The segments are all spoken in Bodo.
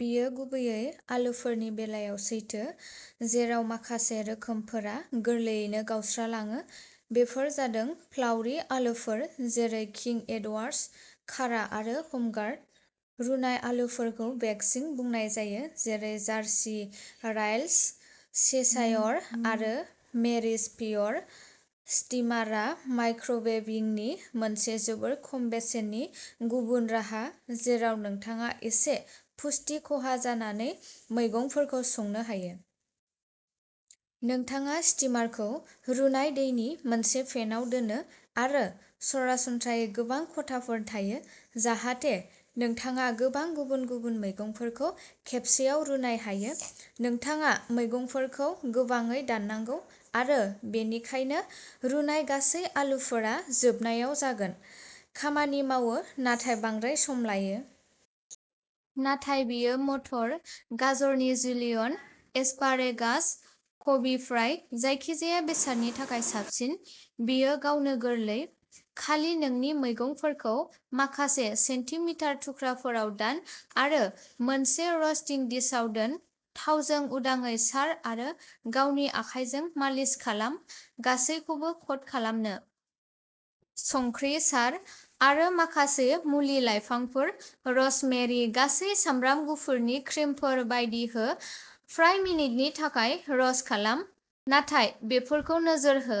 बेयो गुबैयै आलुफोरनि बेलायाव सैथो, जेराव माखासे रोखोमफोरा गोरलैयैनो गावस्रालाङो। बेफोर जादों'फ्लाउरि'आलुफोर जेरै किं एडवार्ड्स, कारा आरो हम गार्ड। रुनाय आलुफोरखौ'वेक्सि'बुंनाय जायो-जेरै जार्सि रायल्स, चेशायर आरो मेरिस पीयर। स्टीमारआ माइक्र'वेभिंनि मोनसे जोबोद खम बेसेननि गुबुन राहा, जेराव नोंथाङा इसे पुष्टि खहा जानानै मैगंफोरखौ संनो हायो। नोंथाङा स्टीमारखौ रुनाय दैनि मोनसे पेनआव दोनो, आरो सरासनस्रायै गोबां खथाफोर थायो जाहाथे नोंथाङा गोबां गुबुन-गुबुन मैगंफोरखौ खेबसेआव रुनाय हायो। नोंथाङा मैगंफोरखौ गोबाङै दाननांगौ, आरो बेनिखायनो रुनाय गासै आलुफोरा जोबनायाव जागोन। खामानि मावो, नाथाय बांद्राय सम लायो। नाथाय बेयो मटर, गाजरनि जुलियन, एस्पारेगास, कबि-फ्राय जायखिजाया बेसादनि थाखाय साबसिन। बेयो गावनो गोरलै। खालि नोंनि मैगंफोरखौ माखासे सेन्टिमिटार थुख्राफोराव दान आरो मोनसे रस्टिं डिशआव दोन। थावजों उदाङै सार आरो गावनि आखाइजों मालिस खालाम गासैबोखौ क'ट खालामनो। संख्रि सार आरो माखासे मुलि-लाइफांफोर, र'जमेरि, गासै सामब्राम गुफुरनि क्रिमफोर बायदि हो। फ्राय मिनिटनि थाखाय र'स्ट खालाम, नाथाय बेफोरखौ नोजोर हो।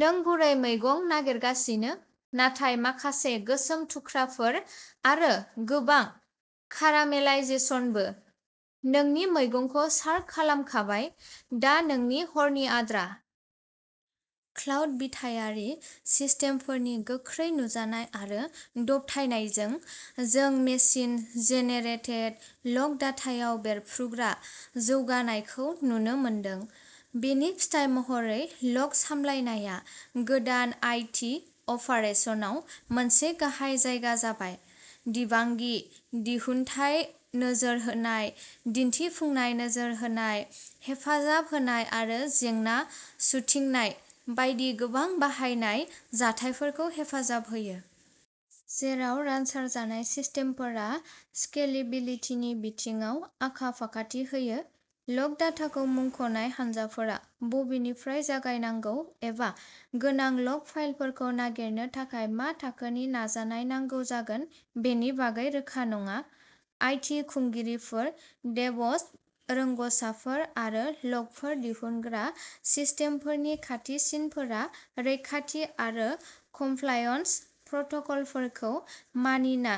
नों गुरै मैगं नागिरगासिनो, नाथाय माखासे गोसोम थुख्राफोर आरो गोबां कारामेलाइजेसनबो। नोंनि मैगंखौ सार्ट खालामखाबाय, दा नोंनि हरनि आद्रा! क्लाउड-बिथायारि सिस्टेमफोरनि गोख्रै नुजानाय आरो दबथायनायजों, जों मेसिन-जेनेरेटेड लग डाटायाव बेरफ्रुग्रा जौगानायखौ नुनो मोनदों। बेनि फिथाय महरै, लग सामलायनाया गोदान आइ. टि. अपारेसनाव मोनसे गाहाय जायगा जाबाय, डिबागिं, दिहुनथाय नोजोर होनाय, दिन्थिफुंनाय नोजोर होनाय, हेफाजाब होनाय आरो जेंना सुथिंनाय बायदि गोबां बाहायनाय जाथायफोरखौ हेफाजाब होयो। जेराव रानसारजानाय सिस्टेमफोरा स्केलिबिलितिनि बिथिङाव आखा-फाखाथि होयो, लग डाटाखौ मुंख'नाय हानजाफोरा बबेनिफ्राय जागायनांगौ एबा गोनां लग फाइलफोरखौ नागिरनो थाखाय मा थाखोनि नाजानाय नांगौ जागोन बेनि बागै रोखा नङा। आइ. टि. खुंगिरिफोर, डेभअप्स रोंग'साफोर आरो लगफोर दिहुनग्रा सिस्टेमफोरनि खाथिसिनफोरा रैखाथि आरो कमप्लायन्स प्रट'कलफोरखौ मानिना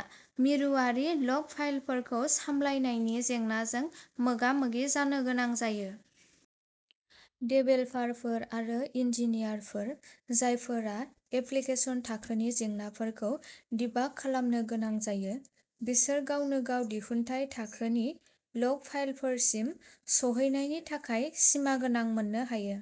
मिरुआरि लग फाइलफोरखौ सामलायनायनि जेंनाजों मोगा-मोगि जानो गोनां जायो। देभेलपारफोर आरो इन्जिनियारफोर जायफोरा एप्लिकेसन-थाखोनि जेंनाफोरखौ डिबाग खालामनो गोनां जायो, बिसोर गावनोगाव दिहुनथाय-थाखोनि लग फाइलफोरसिम सौहैनायनि थाखाय सिमागोनां मोननो हायो।